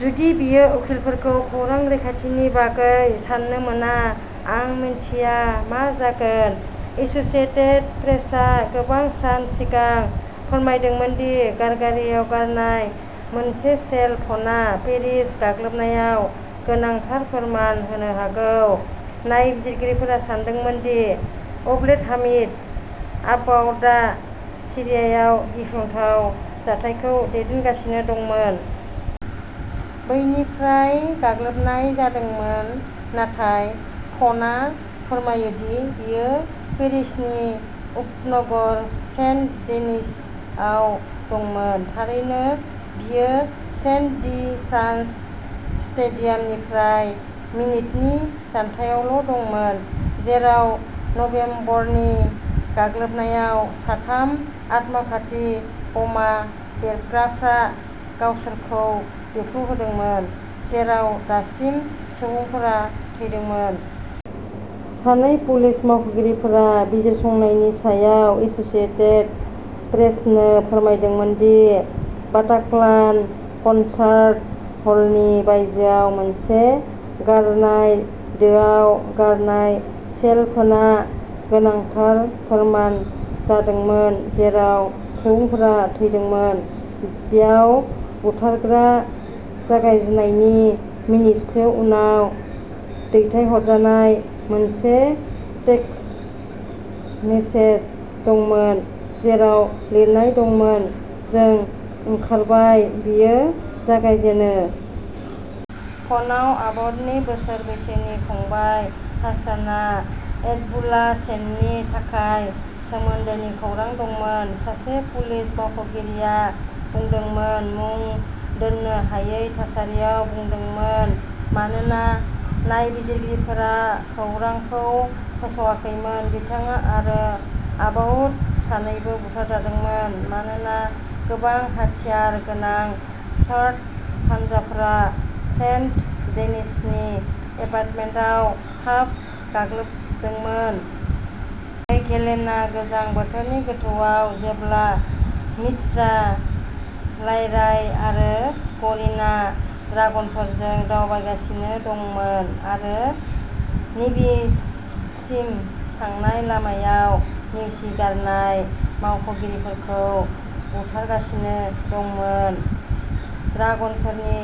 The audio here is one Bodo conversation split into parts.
जुदि बेयो उखिलफोरखौ खौरां रैखाथिनि बागै सान्नो मोना, आं मिथिया मा जागोन। एसोसिएटेड प्रेसआ गोबां सान सिगां फोरमायदोंमोन दि गारगारियाव गारनाय मोनसे सेल फना पेरिस गाग्लोबनायाव गोनांथार फोरमान होनो हागौ। नायबिजिरगिरिफोरा सानदोंमोन दि अब्देलहामिद आबाउदआ सिरियायाव गिख्रंथाव जाथायखौ दैदेनगासिनो दंमोन। बैनिफ्राय गाग्लोबनाय जादोंमोन, नाथाय फनआ फोरमायो दि बियो पेरिसनि उपनगर सेन्ट डेनिसआव दंमोन। थारैनो बियो स्टेड डी फ्रान्स स्टेडियामनिफ्राय मिनिटनि जान्थायावल'दंमोन, जेराव नबेम्बरनि गाग्लोबनायाव साथाम आत्मघाती बमा बेरग्राफोरा गावसोरखौ बेरफ्रुहोदोंमोन, जेराव दासिम सुबुंफोरा थैदोंमोन। सानै पुलिस मावख'गिरिफोरा बिजिरसंनायनि सायाव एसोसिएटेड प्रेसनो फोरमायदोंमोन दि बाटाक्लान कनसार्ट हलनि बायजोआव मोनसे गारनाय दोआव गारनाय सेलफोनआ गोनांथार फोरमान जादोंमोन-जेराव सुबुंफोरा थैदोंमोन। बेयाव बुथारग्रा जागायनायनि मिनिटसो उनाव दैथायहरजानाय मोनसे टेक्सट मेसेज दंमोन, जेराव लिरनाय दंमोन: "जों ओंखारबाय, बेयो जागायजेनो। " फनआव आबाउडनि बोसोर बैसोनि फंबाय, हासना ऐतबुलाहसेननि थाखाय सोमोन्दोनि खौरां दंमोन, सासे पुलिस मावख'गिरिआ बुंदोंमोन, मुं दोननो हायै थासारियाव बुंदोंमोन मानोना नायबिजिरगिरिफोरा खौरांखौ फोसावाखैमोन। बिथाङा आरो आबाउड सानैबो बुथारजादोंमोन मानोना गोबां हाथियार गोनां स्वाट हानजाफोरा सेन्ट-डेनिसनि एपार्टमेन्टआव थाब गाग्लोबदोंमोन। हेयघलेनआ गोजां बोथोरनि गोथौआव जेब्ला म्हिस्रा, लायराइ आरो करिनआ ड्रागनफोरजों दावबायगासिनो दंमोन आरो निम्बिससिम थांनाय लामायाव नेवसिगारनाय मावख'गिरिफोरखौ बुथुमगासिनो दंमोन। ड्रागनफोरनि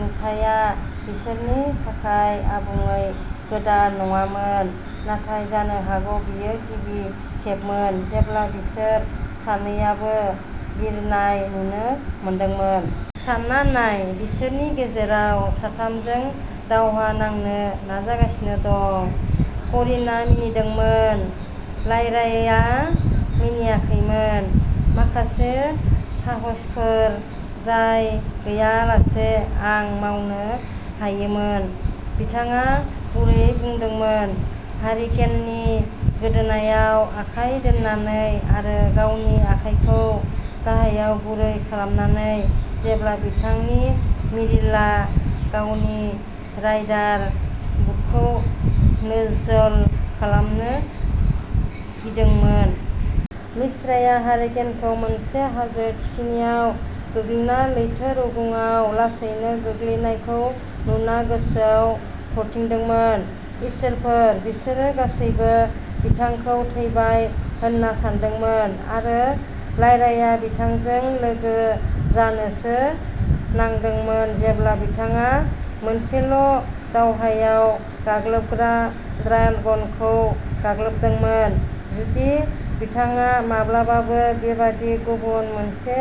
नुथाया बिसोरनि थाखाय आबुङै गोदान नङामोन, नाथाय जानो हागौ बेयो गिबि खेबमोन जेब्ला बिसोर सानैआबो बिरनाय नुनो मोनदोंमोन। "सानना नाय, बिसोरनि गेजेराव साथामजों दावहा नांनो नाजागासिनो दं", करिनआ मिनिदोंमोन। लायरायआ मिनिफिनाखैमोन। "माखासे साहसफोर जाय गैयालासे आं मावनो हायोमोन", बिथाङा गुरैयै बुंदोंमोन, हारिकेननि गोदोनायाव आखाइ दोन्नानै आरो गावनि आखाइखौ गाहायाव गुरै खालामनानै जेब्ला बिथांनि मिरिलआ गावनि राइडार बुटखौ नोजल खालामनो गिदिंदोंमोन। म्हिस्राया हारिकेनखौ मोनसे हाजो थिखिनियाव गोग्लैना लैथो रुगुंआव लासैनो गोग्लैनायखौ नुना गोसोआव थरथिंदोंमोन। इसोरफोर, बिसोरो गासैबो बिथांखौ थैबाय होन्ना सान्दोंमोन, आरो लायरायआ बिथांजों लोगो जानोसो नांदोंमोन जेब्ला बिथाङा मोनसेल'दावहायाव गाग्लोबग्रा ड्रागनखौ गाग्लोबदोंमोन। जुदि बिथाङा माब्लाबाबो बेबादि गुबुन मोनसे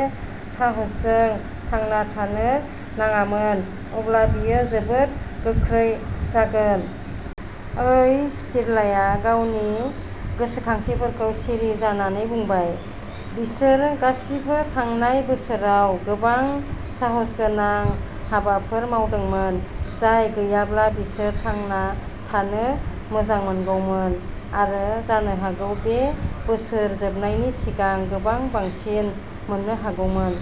साहसजों थांना थानो नाङामोन, अब्ला बेयो जोबोद गोख्रै जागोन। "ओइ", स्टिरलाया गावनि गोसोखांथिफोरखौ सिरि जानानै बुंबाय। बिसोर गासिबो थांनाय बोसोराव गोबां साहसगोनां हाबाफोर मावदोंमोन, जाय गैयाब्ला बिसोर थांना थानो मोजांमोनगौमोन-आरो जानो हागौ बे बोसोर जोबनायनि सिगां गोबां बांसिन मोन्नो हागौमोन।